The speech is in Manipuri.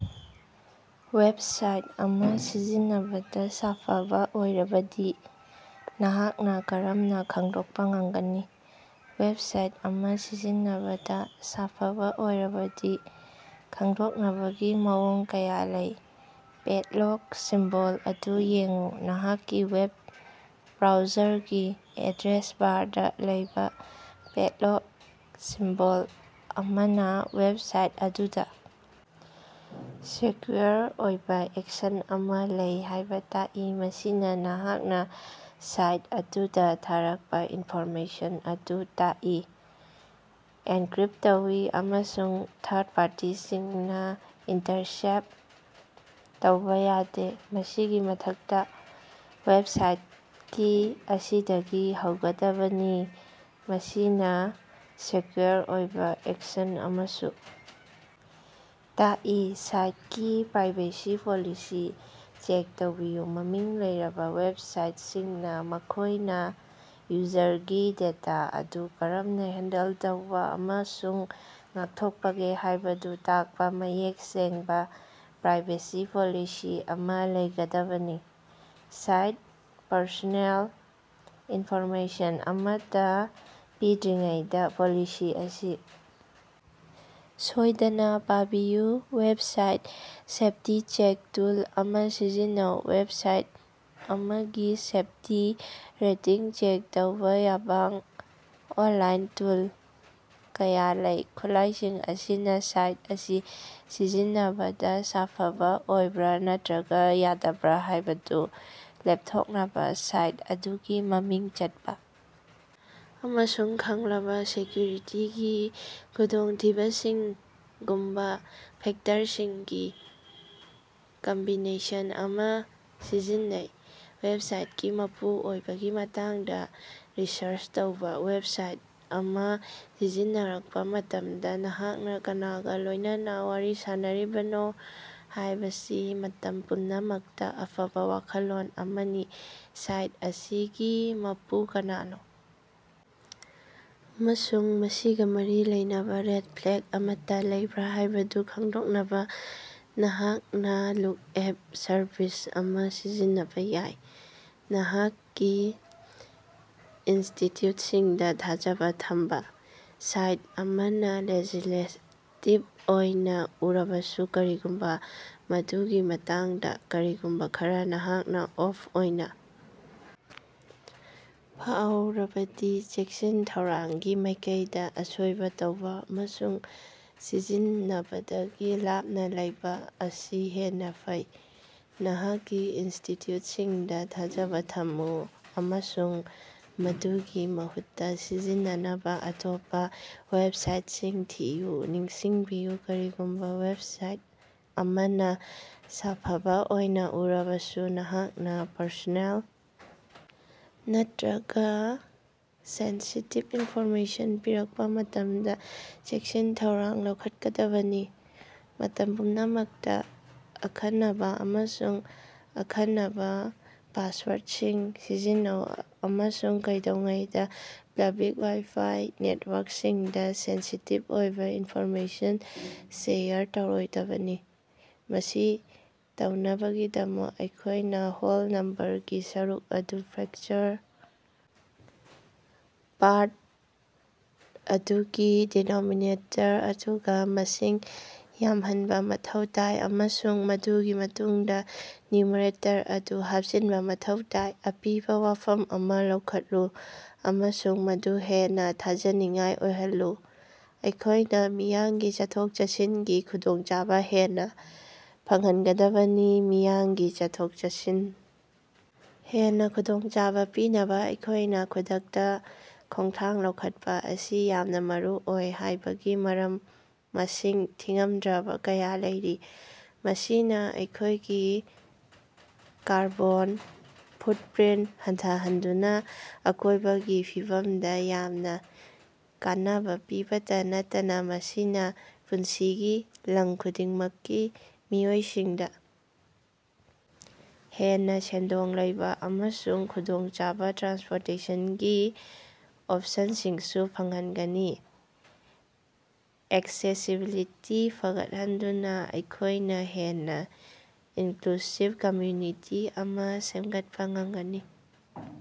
ꯋꯦꯕꯁꯥꯏꯠ ꯑꯃ ꯁꯤꯖꯤꯟꯅꯕꯗ ꯁꯥꯐꯕꯥ ꯑꯣꯏꯔꯕꯗꯤ ꯅꯍꯥꯛꯅ ꯀꯔꯝꯅ ꯈꯪꯗꯣꯛꯄ ꯉꯝꯒꯅꯤ? ꯋꯦꯕꯁꯥꯏꯠ ꯑꯃ ꯁꯤꯖꯤꯟꯅꯕꯗ ꯁꯥꯐꯕ ꯑꯣꯏꯔꯕꯗꯤ ꯈꯪꯗꯣꯛꯅꯕꯒꯤ ꯃꯑꯣꯡ ꯀꯌꯥ ꯂꯩ: ꯄꯦꯗꯂꯣꯛ ꯁꯤꯝꯕꯣꯜ ꯑꯗꯨ ꯌꯦꯡꯎ: ꯅꯍꯥꯛꯀꯤ ꯋꯦꯕ ꯕ꯭ꯔꯥꯎꯖꯔꯒꯤ ꯑꯦꯗ꯭ꯔꯦꯁ ꯕꯥꯔꯗ ꯂꯩꯕ ꯄꯦꯗꯂꯣꯛ ꯁꯤꯝꯕꯣꯜ ꯑꯃꯅ ꯋꯦꯕꯁꯥꯏꯠ ꯑꯗꯨꯗ ꯁꯦꯀ꯭ꯌꯨꯑꯣꯔ ꯑꯣꯏꯕ ꯑꯦꯛꯁꯟ ꯑꯃꯥ ꯂꯩ ꯍꯥꯏꯕ ꯇꯥꯛꯏ, ꯃꯁꯤꯅ ꯅꯍꯥꯛꯅ ꯁꯥꯏꯠ ꯑꯗꯨꯗ ꯊꯥꯔꯛꯄ ꯏꯟꯐꯣꯔꯃꯦꯁꯟ ꯑꯗꯨ ꯇꯥꯛꯏ꯫ ꯑꯦꯟꯀꯔꯤꯞ ꯇꯧꯏ ꯑꯃꯁꯨꯡ ꯊꯥꯔꯗ ꯄꯥꯔꯇꯤꯁꯤꯡꯅ ꯏꯟꯇꯔꯁꯦꯞ ꯇꯧꯕ ꯌꯥꯗꯦ꯫ ꯃꯁꯤꯒꯤ ꯃꯊꯛꯇ, ꯋꯦꯕꯁꯥꯏꯇꯀꯤ ꯑꯁꯤꯗꯒꯤ ꯍꯧꯒꯗꯕꯅꯤ, ꯃꯁꯤꯅ ꯁꯦꯀ꯭ꯌꯨꯑꯣꯔ ꯑꯣꯏꯕ ꯑꯦꯛꯁꯟ ꯑꯃꯁꯨ ꯇꯥꯛꯏ꯫ ꯁꯥꯏꯠꯀꯤ ꯄ꯭ꯔꯥꯏꯚꯦꯁꯤ ꯄꯣꯂꯤꯁꯤ ꯆꯦꯛ ꯇꯧꯕꯤꯌꯨ: ꯃꯃꯤꯡ ꯂꯩꯔꯕ ꯋꯦꯕꯁꯥꯏꯇꯁꯤꯡꯅ ꯃꯈꯣꯏꯅ ꯌꯨꯖꯔꯒꯤ ꯗꯦꯇꯥ ꯑꯗꯨ ꯀꯔꯝꯅ ꯍꯦꯟꯗꯜ ꯇꯧꯕ ꯑꯃꯁꯨꯡ ꯉꯥꯛꯊꯣꯛꯄꯒꯦ ꯍꯥꯏꯕꯗꯨ ꯇꯥꯛꯄ ꯃꯌꯦꯛ ꯁꯦꯡꯕ ꯄ꯭ꯔꯥꯏꯚꯦꯁꯤ ꯄꯣꯂꯤꯁꯤ ꯑꯃꯥ ꯂꯩꯒꯗꯕꯅꯤ꯫ ꯁꯥꯏꯠꯇ ꯄꯔꯁꯣꯅꯦꯜ ꯏꯟꯐꯣꯔꯃꯦꯁꯟ ꯑꯃꯠꯇ ꯄꯤꯗ꯭ꯔꯤꯉꯩꯗ ꯄꯣꯂꯤꯁꯤ ꯑꯁꯤ ꯁꯣꯏꯗꯅ ꯄꯥꯕꯤꯌꯨ꯫ ꯋꯦꯕꯁꯥꯏꯠ ꯁꯦꯐꯇꯤ-ꯆꯦꯛ ꯇꯨꯜ ꯑꯃꯥ ꯁꯤꯖꯤꯟꯅꯧ: ꯋꯦꯕꯁꯥꯏꯠ ꯑꯃꯒꯤ ꯁꯦꯐꯇꯤ ꯔꯦꯇꯤꯡ ꯆꯦꯛ ꯇꯧꯕ ꯌꯥꯕꯥꯡ ꯑꯣꯟꯂꯥꯏꯟ ꯇꯨꯜ ꯀꯌꯥ ꯂꯩ꯫ ꯈꯨꯠꯂꯥꯏꯁꯤꯡ ꯑꯁꯤꯅ ꯁꯥꯏꯠ ꯑꯁꯤ ꯁꯤꯖꯤꯟꯅꯕꯗ ꯁꯥꯐꯕ ꯑꯣꯏꯕ꯭ꯔ ꯅꯠꯇ꯭ꯔꯒ ꯌꯥꯗꯕ꯭ꯔ ꯍꯥꯏꯕꯗꯨ ꯂꯦꯞꯊꯣꯛꯅꯕ ꯁꯥꯏꯠ ꯑꯗꯨꯒꯤ ꯃꯃꯤꯡ ꯆꯠꯄ ꯑꯃꯁꯨꯡ ꯈꯪꯂꯕ ꯁꯦꯀ‌꯭ꯌꯨꯔꯤꯇꯤꯒꯤ ꯈꯨꯗꯣꯡꯊꯤꯕꯁꯤꯡꯒꯨꯝꯕ ꯐꯦꯛꯇꯔꯁꯤꯡꯒꯤ ꯀꯝꯕꯤꯅꯦꯁꯟ ꯑꯃꯥ ꯁꯤꯖꯤꯟꯅꯩ꯫ ꯋꯦꯕꯁꯥꯏꯠꯀꯤ ꯃꯄꯨ ꯑꯣꯏꯕꯒꯤ ꯃꯇꯥꯡꯗꯥ ꯔꯤꯁꯔꯆ ꯇꯧꯕ: ꯋꯦꯕꯁꯥꯏꯠ ꯑꯃ ꯁꯤꯖꯤꯟꯅꯔꯛꯄ ꯃꯇꯝꯗ ꯅꯍꯥꯛꯅ ꯀꯅꯥꯒ ꯂꯣꯏꯅꯅ ꯋꯥꯔꯤ ꯁꯥꯅꯔꯤꯕꯅꯣ ꯍꯥꯏꯕꯁꯤ ꯃꯇꯝ ꯄꯨꯝꯅꯃꯛꯇ ꯑꯐꯕꯥ ꯋꯥꯈꯜꯂꯣꯟ ꯑꯃꯅꯤ꯫ ꯁꯥꯏꯠ ꯑꯁꯤꯒꯤ ꯃꯄꯨ ꯀꯅꯥꯅꯣ ꯑꯃꯁꯨꯡ ꯃꯁꯤꯒ ꯃꯔꯤ ꯂꯩꯅꯕ ꯔꯦꯗ ꯐ꯭ꯂꯦꯒ ꯑꯃꯠꯇ ꯂꯩꯕ꯭ꯔꯥ ꯍꯥꯏꯕꯗꯨ ꯈꯪꯗꯣꯛꯅꯕ ꯅꯍꯥꯛꯅ ꯂꯨꯛꯑꯥꯞ ꯁꯔꯚꯤꯁ ꯑꯃꯥ ꯁꯤꯖꯤꯟꯅꯕ ꯌꯥꯏ꯫ ꯅꯍꯥꯛꯀꯤ ꯏꯟꯁ꯭ꯇꯤꯠꯌꯨꯠꯁꯤꯡꯗꯥ ꯊꯥꯖꯕ ꯊꯝꯕ: ꯁꯥꯏꯠ ꯑꯃꯅ ꯂꯦꯖꯤꯁ꯭ꯂꯦꯇꯤꯚ ꯑꯣꯏꯅ ꯎꯔꯕꯁꯨ, ꯀꯔꯤꯒꯨꯝꯕ ꯃꯗꯨꯒꯤ ꯃꯇꯥꯡꯗ ꯀꯔꯤꯒꯨꯝꯕ ꯈꯔ ꯅꯍꯥꯛꯅ ꯑꯣꯐ ꯑꯣꯏꯅ ꯐꯥꯎꯔꯕꯗꯤ, ꯆꯦꯛꯁꯤꯟ ꯊꯧꯔꯥꯡꯒꯤ ꯃꯥꯏꯀꯩꯗ ꯑꯁꯣꯏꯕ ꯇꯧꯕ ꯑꯃꯁꯨꯡ ꯁꯤꯖꯤꯟꯅꯕꯗꯒꯤ ꯂꯥꯞꯅ ꯂꯩꯕ ꯑꯁꯤ ꯍꯦꯟꯅ ꯐꯩ꯫ ꯅꯍꯥꯛꯀꯤ ꯏꯟꯁ꯭ꯇꯤꯠꯌꯨꯠꯁꯤꯡꯗ ꯊꯥꯖꯕ ꯊꯝꯃꯨ ꯑꯃꯁꯨꯡ ꯃꯗꯨꯒꯤ ꯃꯍꯨꯠꯇ ꯁꯤꯖꯤꯟꯅꯅꯕ ꯑꯇꯣꯞꯄ ꯋꯦꯕꯁꯥꯏꯠꯁꯤꯡ ꯊꯤꯌꯨ꯫ ꯅꯤꯡꯁꯤꯡꯕꯤꯌꯨ, ꯀꯔꯤꯒꯨꯝꯕ ꯋꯦꯕꯁꯥꯏꯠ ꯑꯃꯅ ꯁꯥꯐꯕ ꯑꯣꯏꯅ ꯎꯔꯕꯁꯨ, ꯅꯍꯥꯛꯅ ꯄꯔꯁꯣꯅꯦꯜ ꯅꯠꯇꯔꯒ ꯁꯦꯟꯁꯤꯇꯤꯚ ꯏꯟꯐꯣꯔꯃꯦꯁꯟ ꯄꯤꯔꯛꯄ ꯃꯇꯝꯗ ꯆꯦꯛꯁꯤꯟ ꯊꯧꯔꯥꯡ ꯂꯧꯈꯠꯀꯗꯕꯅꯤ꯫ ꯃꯇꯝ ꯄꯨꯝꯅꯃꯛꯇ ꯑꯀꯅꯟꯕ ꯑꯃꯁꯨꯡ ꯑꯈꯟꯅꯕ ꯄꯥꯁꯋꯥꯔꯗꯁꯤꯡ ꯁꯤꯖꯤꯟꯅꯧ, ꯑꯃꯁꯨꯡ ꯀꯩꯗꯧꯉꯩꯗ ꯄꯕ꯭ꯂꯤꯛ ꯋꯥꯏ-ꯐꯥꯏ ꯅꯦꯠꯋꯥꯔꯛꯁꯤꯡꯗ ꯁꯦꯟꯁꯤꯇꯤꯚ ꯑꯣꯏꯕ ꯏꯟꯐꯣꯔꯃꯦꯁꯟ ꯁꯦꯌꯔ ꯇꯧꯔꯣꯏꯗꯕꯅꯤ꯫ ꯃꯁꯤ ꯇꯧꯅꯕꯒꯤꯗꯃꯛ ꯑꯩꯈꯣꯏꯅ ꯍꯣꯜ ꯅꯝꯕꯔꯒꯤ ꯁꯔꯨꯛ ꯑꯗꯨ ꯐ꯭ꯔꯦꯛꯆꯔ ꯄꯥꯔꯠ ꯑꯗꯨꯒꯤ ꯗꯦꯅꯣꯃꯤꯅꯦꯇꯔ ꯑꯗꯨꯒ ꯃꯁꯤꯡ ꯌꯥꯝꯍꯟꯕ ꯃꯊꯧ ꯇꯥꯏ ꯑꯃꯁꯨꯡ ꯃꯗꯨꯒꯤ ꯃꯇꯨꯡꯗ ꯅ꯭ꯌꯨꯃꯔꯦꯇꯔ ꯑꯗꯨ ꯍꯥꯞꯆꯤꯟꯕ ꯃꯊꯧ ꯇꯥꯏ꯫ ꯑꯄꯤꯕ ꯋꯥꯐꯝ ꯑꯃ ꯂꯧꯈꯠꯂꯨ ꯑꯃꯁꯨꯡ ꯃꯗꯨ ꯍꯦꯟꯅ ꯊꯥꯖꯅꯤꯡꯉꯥꯏ ꯑꯣꯏꯍꯜꯂꯨ꯫ ꯑꯩꯈꯣꯏꯅ ꯃꯤꯌꯥꯝꯒꯤ ꯆꯠꯊꯣꯛ-ꯆꯠꯁꯤꯟꯒꯤ ꯈꯨꯗꯣꯡꯆꯥꯕ ꯍꯦꯟꯅ ꯐꯪꯍꯟꯒꯗꯕꯅꯤ꯫ ꯃꯤꯌꯥꯝꯒꯤ ꯆꯠꯊꯣꯛ-ꯆꯠꯁꯤꯟ ꯍꯦꯟꯅ ꯈꯨꯗꯣꯡꯆꯥꯕ ꯄꯤꯅꯕ ꯑꯩꯈꯣꯏꯅ ꯈꯨꯗꯛꯇ ꯈꯣꯡꯊꯥꯡ ꯂꯧꯈꯠꯄ ꯑꯁꯤ ꯌꯥꯝꯅ ꯃꯔꯨ ꯑꯣꯏ ꯍꯥꯏꯕꯒꯤ ꯃꯔꯝ ꯃꯁꯤꯡ ꯊꯤꯉꯝꯗ꯭ꯔꯕ ꯀꯌꯥ ꯂꯩꯔꯤ꯫ ꯃꯁꯤꯅ ꯑꯩꯈꯣꯏꯒꯤ ꯀꯥꯔꯕꯣꯟ ꯐꯨꯠꯄꯔꯤꯟꯠ ꯍꯟꯊꯍꯟꯗꯨꯅ ꯑꯀꯣꯏꯕꯒꯤ ꯐꯤꯕꯝꯗ ꯌꯥꯝꯅ ꯀꯥꯟꯅꯕ ꯄꯤꯕꯇ ꯅꯠꯇꯅ ꯃꯁꯤꯅ ꯄꯨꯟꯁꯤꯒꯤ ꯂꯝ ꯈꯨꯗꯤꯡꯃꯛꯀꯤ ꯃꯤꯑꯣꯏꯁꯤꯡꯗ ꯍꯦꯟꯅ ꯁꯦꯟꯗꯣꯡ ꯂꯩꯕ ꯑꯃꯁꯨꯡ ꯈꯨꯗꯣꯡꯆꯥꯕ ꯇ꯭ꯔꯥꯟꯁꯄꯣꯔꯇꯦꯁꯟꯒꯤ ꯑꯣꯞꯁꯟꯁꯤꯡꯁꯨ ꯐꯪꯍꯟꯒꯅꯤ꯫ ꯑꯦꯛꯁꯦꯁꯤꯕꯤꯂꯤꯇꯤ ꯐꯒꯠꯍꯟꯗꯨꯅ ꯑꯩꯈꯣꯏꯅ ꯍꯦꯟꯅ ꯏꯟꯀ꯭ꯂꯨꯁꯤꯕ ꯀꯝꯃ‍꯭ꯌꯨꯅꯤꯇꯤ ꯑꯃꯥ ꯁꯦꯝꯒꯠꯄ ꯉꯝꯒꯅꯤ꯫